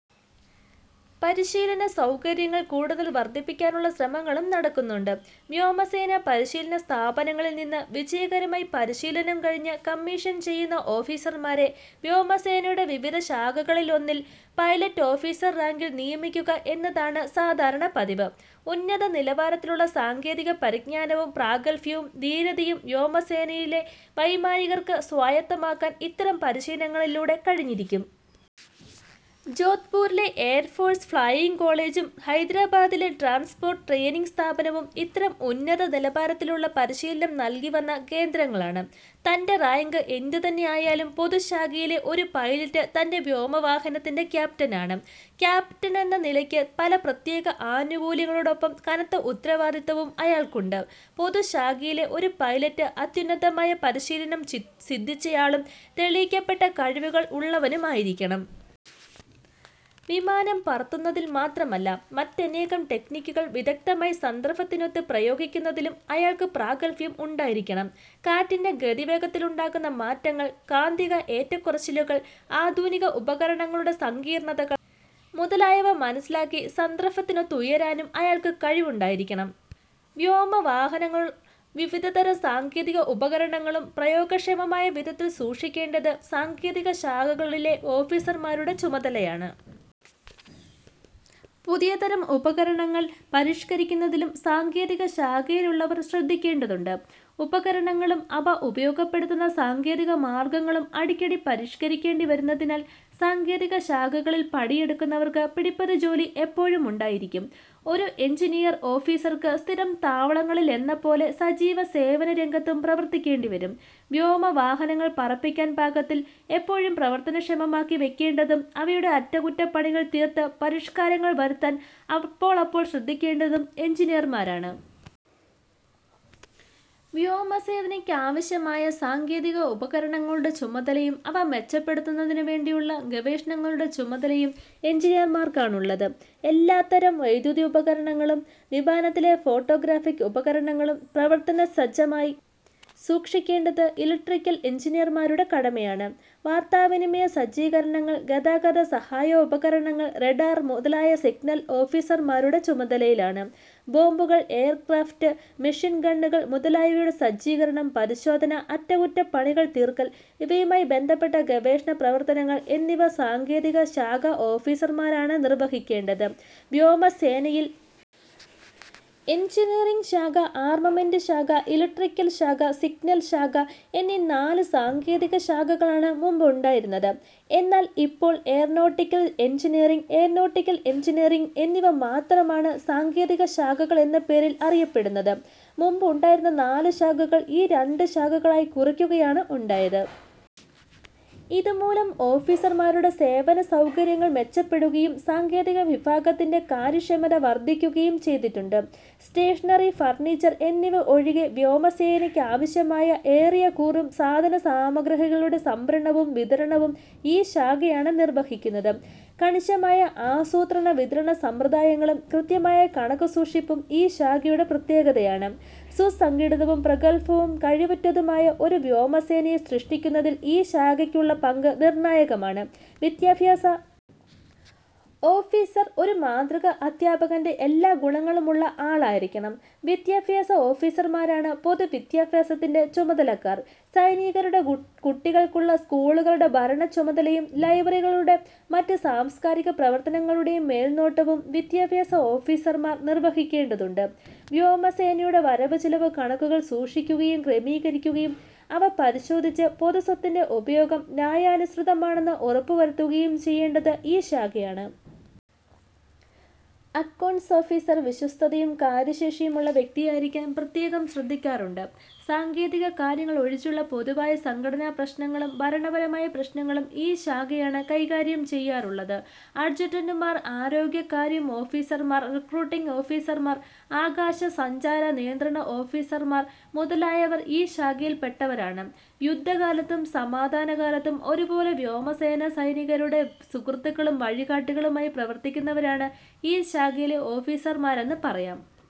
പരിശീലന സൗകര്യങ്ങൾ കൂടുതൽ വർധിപ്പിക്കാനുള്ള ശ്രമങ്ങളും നടക്കുന്നുണ്ട്. വ്യോമസേനാ പരിശീലന സ്ഥാപനങ്ങളിൽ നിന്ന് വിജയകരമായി പരിശീലനം കഴിഞ്ഞ് കമ്മീഷൻ ചെയ്യുന്ന ഓഫീസർമാരെ വ്യോമസേനയുടെ വിവിധ ശാഖകളിൽ ഒന്നിൽ പൈലറ്റ് ഓഫീസർ റാങ്കിൽ നിയമിക്കുക എന്നതാണ് സാധാരണ പതിവ്. ഉന്നത നിലവാരത്തിലുള്ള സാങ്കേതിക പരിജ്ഞാനവും പ്രാഗൽഭ്യവും ധീരതയും വ്യോമസേനയിലെ വൈമാനികർക്ക് സ്വായത്തമാക്കാൻ ഇത്തരം പരിശീലനങ്ങളിലൂടെ കഴിഞ്ഞിരിക്കും. ജോധ്പൂരിലെ ഏയർഫോഴ്സ് ഫ്ലൈയിങ് കോളേജും ഹൈദരാബാദിലെ ട്രാൻസ്പോർട്ട് ട്രെയിനിങ് സ്ഥാപനവും ഇത്തരം ഉന്നത നിലവാരത്തിലുള്ള പരിശീലനം നൽകിവന്ന കേന്ദ്രങ്ങളാണ്. തൻ്റെ റാങ്ക് എന്തുതന്നെ ആയാലും പൊതു ശാഖയിലെ ഒരു പൈലറ്റ് തൻ്റെ വ്യോമവാഹനത്തിൻ്റെ ക്യാപ്റ്റനാണ്. ക്യാപ്റ്റനെന്ന നിലയ്ക്ക് പല പ്രത്യേക ആനുകൂല്യങ്ങളോടൊപ്പം കനത്ത ഉത്തരവാദിത്തവും അയാൾക്കുണ്ട്. പൊതുശാഖയിലെ ഒരു പൈലറ്റ് അത്യുന്നതമായ പരിശീലനം ചി സിദ്ധിച്ചയാളും തെളിയിക്കപ്പെട്ട കഴിവുകൾ ഉള്ളവനും ആയിരിക്കണം. വിമാനം പറത്തുന്നതിൽ മാത്രമല്ല, മറ്റനേകം ടെക്നിക്കുകൾ വിദഗ്ദ്ധമായി സന്ദർഭത്തിനൊത്ത് പ്രയോഗിക്കുന്നതിലും അയാൾക്ക് പ്രാഗൽഭ്യം ഉണ്ടായിരിക്കണം. കാറ്റിൻ്റെ ഗതിവേഗത്തിലുണ്ടാകുന്ന മാറ്റങ്ങൾ, കാന്തിക ഏറ്റക്കുറച്ചിലുകൾ, ആധുനിക ഉപകരണങ്ങളുടെ സങ്കീർണതകൾ മുതലായവ മനസ്സിലാക്കി സന്ദർഭത്തിനൊത്തുയരാനും അയാൾക്ക് കഴിവുണ്ടായിരിക്കണം. വ്യോമവാഹനങ്ങളു വിവിധതരം സാങ്കേതിക ഉപകരണങ്ങളും പ്രയോഗക്ഷമമായ വിധത്തിൽ സൂക്ഷിക്കേണ്ടത് സാങ്കേതിക ശാഖകളിലെ ഓഫീസർമാരുടെ ചുമതലയാണ്. പുതിയതരം ഉപകരണങ്ങൾ പരിഷ്കരിക്കുന്നതിലും സാങ്കേതിക ശാഖയിലുള്ളവർ ശ്രദ്ധിക്കേണ്ടതുണ്ട്. ഉപകരണങ്ങളും അവ ഉപയോഗപ്പെടുത്തുന്ന സാങ്കേതിക മാർഗങ്ങളും അടിക്കടി പരിഷ്കരിക്കേണ്ടി വരുന്നതിനാൽ സാങ്കേതിക ശാഖകളിൽ പണിയെടുക്കുന്നവർക്ക് പിടിപ്പതു ജോലി എപ്പോഴും ഉണ്ടായിരിക്കും. ഒരു എൻജിനീയർ ഓഫീസർക്ക് സ്ഥിരം താവളങ്ങളിലെന്നപോലെ സജീവ സേവന രംഗത്തും പ്രവർത്തിക്കേണ്ടി വരും. വ്യോമവാഹനങ്ങൾ പറപ്പിക്കാൻ പാകത്തിൽ എപ്പോഴും പ്രവർത്തനക്ഷമമാക്കി വെക്കേണ്ടതും, അവയുടെ അറ്റകുറ്റപ്പണികൾ തീർത്ത് പരിഷ്കാരങ്ങൾ വരുത്താൻ അപ്പോളപ്പോൾ ശ്രദ്ധിക്കേണ്ടതും എൻജിനീയർമാരാണ്. വ്യോമസേനയ്ക്കാവശ്യമായ സാങ്കേതിക ഉപകരണങ്ങളുടെ ചുമതലയും അവ മെച്ചപ്പെടുത്തുന്നതിനു വേണ്ടിയുള്ള ഗവേഷണങ്ങളുടെ ചുമതലയും എൻജിനീയർമാർക്കാണുള്ളത്. എല്ലാത്തരം വൈദ്യുതീപകരണങ്ങളും വിമാനത്തിലെ ഫോട്ടോഗ്രാഫിക്ക് ഉപകരണങ്ങളും പ്രവർത്തനസജ്ജമായി സൂക്ഷിക്കേണ്ടത് ഇലക്ട്രിക്കൽ എൻജിനീയർമാരുടെ കടമയാണ്. വാർത്താവിനിമയ സജ്ജീകരണങ്ങൾ, ഗതാഗത സഹായകോപകരണങ്ങൾ, റഡാർ മുതലായവ സിഗ്നൽ ഓഫീസർമാരുടെ ചുമതലയിലാണ്. ബോംബുകൾ, എയർക്രാഫ്റ്റ് മെഷീൻ ഗണ്ണുകൾ മുതലായവയുടെ സജ്ജീകരണം, പരിശോധന, അറ്റകുറ്റപ്പണികൾ തീർക്കൽ, ഇവയുമായി ബന്ധപ്പെട്ട ഗവേഷണ പ്രവർത്തനങ്ങൾ എന്നിവ സാങ്കേതിക ശാഖാ ഓഫീസർമാരാണ് നിർവഹിക്കേണ്ടത്. വ്യോമസേനയിൽ എൻജിനീയറിങ് ശാഖ, ആർമമെന്റ് ശാഖ, ഇലക്ട്രിക്കൽ ശാഖ, സിഗ്നൽ ശാഖ എന്നീ നാല് സാങ്കേതിക ശാഖകളാണ് മുമ്പുണ്ടായിരുന്നത്. എന്നാൽ ഇപ്പോൾ എയ്റോനോട്ടിക്കൽ എൻജിനീയറിങ്, എയ്റോനോട്ടിക്കൽ എൻജിനീയറിങ് എന്നിവ മാത്രമാണ് സാങ്കേതിക ശാഖകൾ എന്ന പേരിൽ അറിയപ്പെടുന്നത്. മുമ്പുണ്ടായിരുന്ന നാല് ശാഖകൾ ഈ രണ്ട് ശാഖകളായി കുറയ്ക്കുകയാണുണ്ടായത്. ഇതുമൂലം ഓഫീസർമാരുടെ സേവന സൗകര്യങ്ങൾ മെച്ചപ്പെടുകയും സാങ്കേതിക വിഭാഗത്തിൻ്റെ കാര്യക്ഷമത വർധിക്കുകയും ചെയ്തിട്ടുണ്ട്. സ്റ്റേഷനറി, ഫർണീച്ചർ എന്നിവ ഒഴികെ വ്യോമസേനയ്ക്കാവശ്യമായ ഏറിയകൂറും സാധന സാമഗ്രികളുടെ സംഭരണവും വിതരണവും ഈ ശാഖയാണ് നിർവഹിക്കുന്നത്. കണിശമായ ആസൂത്രണ വിതരണ സമ്പ്രദായങ്ങളും കൃത്യമായ കണക്കുസൂക്ഷിപ്പും ഈ ശാഖയുടെ പ്രത്യേകതയാണ്. സുസംഘടിതവും പ്രഗൽഭവും കഴിവുറ്റതുമായ ഒരു വ്യോമസേനയെ സൃഷ്ടിക്കുന്നതിൽ ഈ ശാഖയ്ക്കുള്ള പങ്ക് നിർണായകമാണ്. വിദ്യാഭ്യാസ ഓഫീസർ ഒരു മാതൃക അധ്യാപകൻ്റെ എല്ലാ ഗുണങ്ങളുമുള്ള ആളായിരിക്കണം. വിദ്യാഭ്യാസ ഓഫീസർമാരാണ് പൊതു വിദ്യാഭ്യാസത്തിൻ്റെ ചുമതലക്കാർ. സൈനീകരുടെ കുട്ടികൾക്കുള്ള സ്കൂളുകളുടെ ഭരണച്ചുമതലയും ലൈബ്രറികളുടെയും മറ്റു സാംസ്കാരിക പ്രവർത്തനങ്ങളുടെയും മേൽനോട്ടവും വിദ്യാഭ്യാസ ഓഫീസർമാർ നിർവഹിക്കേണ്ടതുണ്ട്. വ്യോമസേനയുടെ വരവുചെലവ് കണക്കുകൾ സൂക്ഷിക്കുകയും ക്രമീകരിക്കുകയും അവ പരിശോധിച്ച് പൊതു സ്വത്തിൻ്റെ ഉപയോഗം ന്യായാനുസൃതമാണെന്ന് ഉറപ്പുവരുത്തുകയും ചെയ്യേണ്ടത് ഈ ശാഖയാണ്. അക്കൗണ്ട്സ് ഓഫീസർ വിശ്വസ്തതയും കാര്യശേഷിയുമുള്ള വ്യക്തിയായിരിക്കാൻ പ്രത്യേകം ശ്രദ്ധിക്കാറുണ്ട്. സാങ്കേതിക കാര്യങ്ങൾ ഒഴിച്ചുള്ള പൊതുവായ സംഘടനാ പ്രശ്നങ്ങളും ഭരണപരമായ പ്രശ്നങ്ങളും ഈ ശാഖയാണ് കൈകാര്യം ചെയ്യാറുള്ളത്. അഡ്ജുറ്റന്റുമാർ, ആരോഗ്യകാര്യ ഓഫീസർമാർ, റിക്രൂട്ടിങ് ഓഫീസർമാർ, ആകാശ സഞ്ചാര നിയന്ത്രണ ഓഫീസർമാർ മുതലായവർ ഈ ശാഖയിൽപ്പെട്ടവരാണ്. യുദ്ധകാലത്തും സമാധാനകാലത്തും ഒരുപോലെ വ്യോമസൈനികരുടെ സുഹൃത്തുക്കളും വഴികാട്ടികളും ആയി പ്രവർത്തിക്കുന്നവരാണ് ഈ ശാഖയിലെ ഓഫീസർമാരെന്ന് പറയാം.